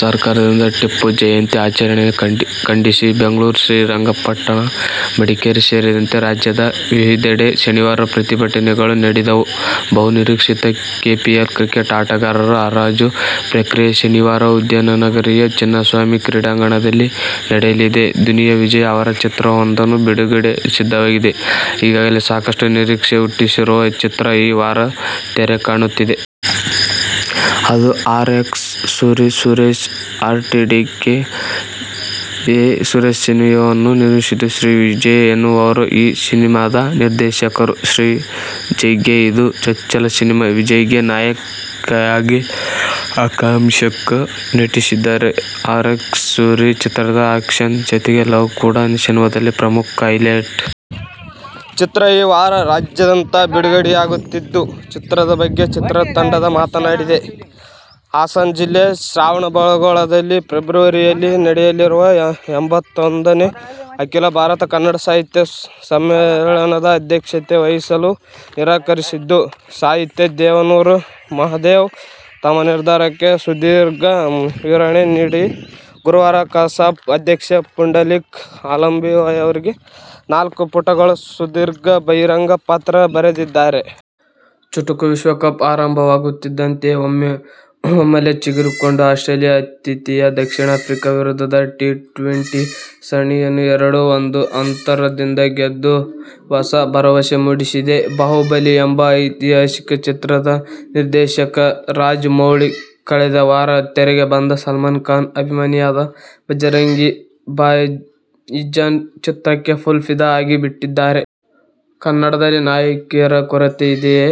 ಸರ್ಕಾರದಿಂದ ಟಿಪ್ಪು ಜಯಂತಿ ಆಚರಣೆ ಖಂಡಿಸಿ ಬೆಂಗಳೂರು, ಶ್ರೀರಂಗಪಟ್ಟಣ, ಮಡಿಕೇರಿ ಸೇರಿದಂತೆ ರಾಜ್ಯದ ವಿವಿಧೆಡೆ ಶನಿವಾರ ಪ್ರತಿಭಟನೆಗಳು ನಡೆದವು. ಬಹು ನಿರೀಕ್ಷಿತ ಕೆಪಿಎಲ್ ಕ್ರಿಕೆಟ್ ಆಟಗಾರರ ಹರಾಜು ಪ್ರಕ್ರಿಯೆ ಶನಿವಾರ ಉದ್ಯಾನನಗರಿಯ ಚಿನ್ನಸ್ವಾಮಿ ಕ್ರೀಡಾಂಗಣದಲ್ಲಿ ನಡೆಯಲಿದೆ. ದುನಿಯಾ ವಿಜಯ್ ಅವರ ಚಿತ್ರವೊಂದು ಬಿಡುಗಡೆಗೆ ಸಿದ್ಧವಾಗಿದೆ. ಈಗಾಗಲೇ ಸಾಕಷ್ಟು ನಿರೀಕ್ಷೆ ಹುಟ್ಟಿಸಿರುವ ಚಿತ್ರ ಈ ವಾರ ತೆರೆಕಾಣುತ್ತಿದೆ. ಅದು "ಆರ್. ಎಕ್ಸ್. ಸೂರಿ'. ಸುರೇಶ್ ಆರ್ಟ್ಸ್ನಡಿ ಕೆ. ಎ. ಸುರೇಶ್ ಈ ಸಿನಿಮಾವನ್ನು ನಿರ್ಮಿಸಿದ್ದು, ಶ್ರೀಜಯ್ ಎನ್ನುವವರು ಈ ಸಿನಿಮಾದ ನಿರ್ದೇಶಕರು. ಶ್ರೀಜಯ್ಗೆ ಇದು ಚೊಚ್ಚಲ ಸಿನಿಮಾ. ವಿಜಯ್ಗೆ ನಾಯಕಿಯಾಗಿ ಆಕಾಂಕ್ಷಾ ನಟಿಸಿದ್ದಾರೆ. "ಆರ್ಎಕ್ಸ್ ಸೂರಿ' ಚಿತ್ರದಲ್ಲಿ ಆ್ಯಕ್ಷನ್ ಜೊತೆಗೆ ಲವ್ ಕೂಡಾ ಸಿನಿಮಾದಲ್ಲಿ ಪ್ರಮುಖ ಹೈಲೈಟ್. ಚಿತ್ರ ಈ ವಾರ ರಾಜ್ಯಾದ್ಯಂತ ಬಿಡುಗಡೆಯಾಗುತ್ತಿದ್ದು, ಚಿತ್ರದ ಬಗ್ಗೆ ಚಿತ್ರತಂಡ ಮಾತನಾಡಿದೆ. ಹಾಸನ ಜಿಲ್ಲೆ ಶ್ರವಣಬೆಳಗೊಳದಲ್ಲಿ ಫೆಬ್ರವರಿಯಲ್ಲಿ ನಡೆಯಲಿರುವ ಎಂಬತ್ತೊಂದನೇ ಅಖೀಲ ಭಾರತ ಕನ್ನಡ ಸಾಹಿತ್ಯ ಸಮ್ಮೇಳನದ ಅಧ್ಯಕ್ಷತೆ ವಹಿಸಲು ನಿರಾಕರಿಸಿದ್ದ ಸಾಹಿತಿ ದೇವನೂರ ಮಹಾದೇವ, ತಮ್ಮ ನಿರ್ಧಾರಕ್ಕೆ ಸುದೀರ್ಘ ವಿವರಣೆ ನೀಡಿ ಗುರುವಾರ ಕಸಾಪ ಅಧ್ಯಕ್ಷ ಪುಂಡಲೀಕ ಹಾಲಂಬಿಯವರಿಗೆ ನಾಲ್ಕುಪುಟಗಳ ಸುದೀರ್ಘ ಬಹಿರಂಗ ಪತ್ರ ಬರೆದಿದ್ದಾರೆ. "ಚುಟುಕು ವಿಶ್ವಕಪ್' ಆರಂಭವಾಗುತ್ತಿದ್ದಂತೆಯೇ ಒಮ್ಮೆಲೆ ಚಿಗುರಿಕೊಂಡ ಆಸ್ಟ್ರೇಲಿಯ ಆತಿಥೇಯ ದಕ್ಷಿಣ ಆಫ್ರಿಕಾ ವಿರುದ್ಧದ ಟಿ-ಟ್ವೆಂಟಿ ಸರಣಿಯನ್ನು ಎರಡು-ಒಂದು ಅಂತರದಿಂದ ಗೆದ್ದು ಹೊಸ ಭರವಸೆ ಮೂಡಿಸಿದೆ. ಬಾಹುಬಲಿ ಎಂಬ ಐತಿಹಾಸಿಕ ಚಿತ್ರದ ನಿರ್ದೇಶಕ ರಾಜಮೌಳಿ ಕಳೆದ ವಾರ ತೆರೆಗೆ ಬಂದ ಸಲ್ಮಾನ್ ಖಾನ್ ಅಭಿನಯದ ಭಜರಂಗಿ ಭಾಯಿಜಾನ್ ಚಿತ್ರಕ್ಕೆ ಫುಲ್ ಫಿದಾ ಆಗಿ ಬಿಟ್ಟಿದ್ದಾರೆ. ಕನ್ನಡದಲ್ಲಿ ನಾಯಕಿಯರ ಕೊರತೆ ಇದೆಯೋ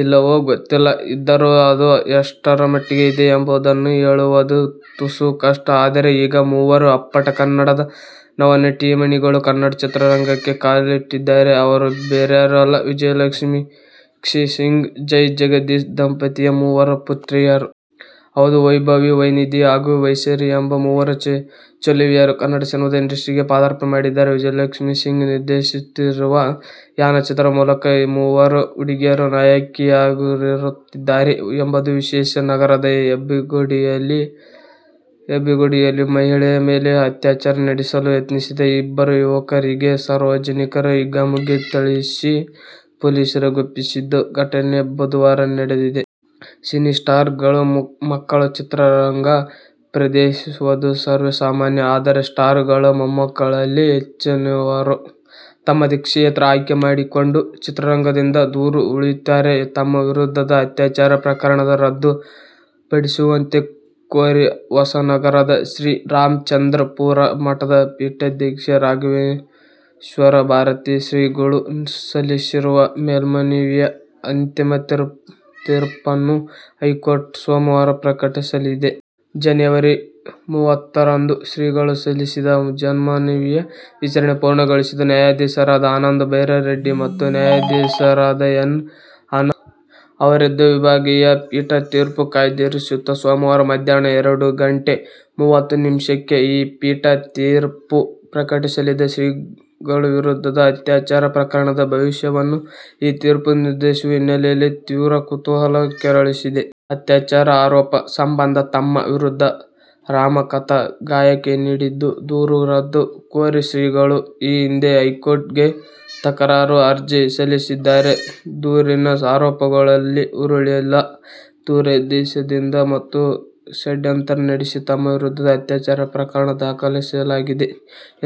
ಇಲ್ಲವೋ ಗೊತ್ತಿಲ್ಲ. ಇದ್ದರೂ ಅದು ಎಷ್ಟರ ಮಟ್ಟಿಗೆ ಇದೆ ಎಂಬುದನ್ನೂ ಹೇಳುವುದು ತುಸು ಕಷ್ಟ. ಆದರೆ, ಈಗ ಮೂವರು ಅಪ್ಪಟ ಕನ್ನಡದ ನವನಟಿಮಣಿಗಳು ಕನ್ನಡ ಚಿತ್ರರಂಗಕ್ಕೆ ಕಾಲಿಟ್ಟಿದ್ದಾರೆ. ಅವರು ಬೇರಾರೂ ಅಲ್ಲ, ವಿಜಯಲಕ್ಷ್ಮೀಸಿಂಗ್, ಜೈ ಜಗದೀಶ್ ದಂಪತಿಯ ಮೂವರು ಪುತ್ರಿಯರು. ಹೌದು, "ವೈಭವಿ, ವೈನಿಧಿ ಹಾಗು ವೈಸಿರಿ' ಎಂಬ ಮೂವರು ಚೆಲುವೆಯರು ಕನ್ನಡ ಸಿನಿಮಾ ಇಂಡಸ್ಟ್ರಿಗೆ ಪಾದಾರ್ಪಣೆ ಮಾಡಿದ್ದಾರೆ. ವಿಜಯಲಕ್ಷ್ಮೀ ಸಿಂಗ್ ನಿರ್ದೇಶಿಸುತ್ತಿರುವ "ಯಾನ' ಚಿತ್ರದ ಮೂಲಕ ಈ ಮೂವರು ಹುಡುಗಿಯರು ನಾಯಕಿಯರಾಗುತ್ತಿದ್ದಾರೆ ಎಂಬುದು ವಿಶೇಷ. ನಗರದ ಹೆಬ್ಬಗೋಡಿಯಲ್ಲಿ ಮಹಿಳೆಯ ಮೇಲೆ ಅತ್ಯಾಚಾರ ನಡೆಸಲು ಯತ್ನಿಸಿದ ಇಬ್ಬರು ಯುವಕರಿಗೆ ಸಾರ್ವಜನಿಕರು ಹಿಗ್ಗಾಮುಗ್ಗಾ ಥಳಿಸಿ ಪೊಲೀಸರಿಗೊಪ್ಪಿಸಿದ ಘಟನೆ ಬುಧವಾರ ನಡೆದಿದೆ. ಸಿನಿ ಸ್ಟಾರ್ ಗಳ ಮಕ್ಕಳು ಚಿತ್ರರಂಗ ಪ್ರವೇಶಿಸುವುದು ಸರ್ವೇ ಸಾಮಾನ್ಯ. ಆದರೆ ಸ್ಟಾರ್ ಗಳ ಮೊಮ್ಮಕ್ಕಳಲ್ಲಿ ಹೆಚ್ಚಿನವರೂ ತಮ್ಮದೇ ಕ್ಷೇತ್ರ ಆಯ್ಕೆ ಮಾಡಿಕೊಂಡು ಚಿತ್ರರಂಗದಿಂದ ದೂರ ಉಳಿಯುತ್ತಾರೆ. ತಮ್ಮ ವಿರುದ್ಧದ ಅತ್ಯಾಚಾರ ಪ್ರಕರಣ ರದ್ದು ಪಡಿಸುವಂತೆ ಕೋರಿ ಹೊಸನಗರದ ಶ್ರೀ ರಾಮಚಂದ್ರಾಪುರ ಮಠದ ಪೀಠಾಧ್ಯಕ್ಷ ರಾಘವೇಶ್ವರ ಭಾರತಿ ಶ್ರೀಗಳು ಸಲ್ಲಿಸಿರುವ ಮೇಲ್ಮನವಿಯ ಅಂತಿಮ ತೀರ್ಪನ್ನು ಹೈಕೋರ್ಟ್ ಸೋಮವಾರ ಪ್ರಕಟಿಸಲಿದೆ. ಜನವರಿ ಮೂವತ್ತರಂದು ಶ್ರೀಗಳು ಸಲ್ಲಿಸಿದ್ದ ಮೇಲ್ಮನವಿಯ ವಿಚಾರಣೆ ಪೂರ್ಣಗೊಳಿಸಿದ್ದ ನ್ಯಾಯಾಧೀಶರಾದ ಆನಂದ ಬೈರಾರೆಡ್ಡಿ ಮತ್ತು ನ್ಯಾಯಾಧೀಶರಾದ ಎನ್. ಆನಂದ ಅವರಿದ್ದ ವಿಭಾಗೀಯ ಪೀಠ ತೀರ್ಪು ಕಾಯ್ದಿರಿಸಿತ್ತು. ಸೋಮವಾರ ಮಧ್ಯಾಹ್ನ ಎರಡು ಗಂಟೆ ಮೂವತ್ತು ನಿಮಿಷಕ್ಕೆ ಈ ಪೀಠ ತೀರ್ಪು ಪ್ರಕಟಿಸಲಿದೆ. ಶ್ರೀಗಳ ವಿರುದ್ಧದ ಅತ್ಯಾಚಾರ ಪ್ರಕರಣದ ಭವಿಷ್ಯವನ್ನು ಈ ತೀರ್ಪು ನಿರ್ಧರಿಸುವ ಹಿನ್ನೆಲೆಯಲ್ಲಿ ತೀವ್ರ ಕುತೂಹಲ ಕೆರಳಿಸಿದೆ. ಅತ್ಯಾಚಾರ ಆರೋಪ ಸಂಬಂಧ ತಮ್ಮ ವಿರುದ್ಧ ರಾಮಕಥಾ ಗಾಯಕಿ ನೀಡಿದ್ದ ದೂರು ರದ್ದು ಕೋರಿ ಶ್ರೀಗಳು ಈ ಹಿಂದೆ ಹೈಕೋರ್ಟ್ಗೆ ತಕರಾರು ಅರ್ಜಿ ಸಲ್ಲಿಸಿದ್ದರು. ದೂರಿನ ಆರೋಪಗಳಲ್ಲಿ ಹುರುಳಿಲ್ಲ. ದುರುದ್ದೇಶದಿಂದ ಮತ್ತು ಷಡ್ಯಂತ್ರ ನಡೆಸಿ ತಮ್ಮ ವಿರುದ್ಧ ಅತ್ಯಾಚಾರ ಪ್ರಕರಣ ದಾಖಲಿಸಲಾಗಿದೆ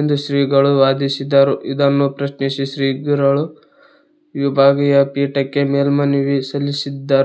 ಎಂದು ಶ್ರೀಗಳು ವಾದಿಸಿದ್ದರು. ಇದನ್ನು ಪ್ರಶ್ನಿಸಿ ಶ್ರೀಗಳು ವಿಭಾಗೀಯ ಪೀಠಕ್ಕೆ ಮೇಲ್ಮನವಿ ಸಲ್ಲಿಸಿದ್ದರು.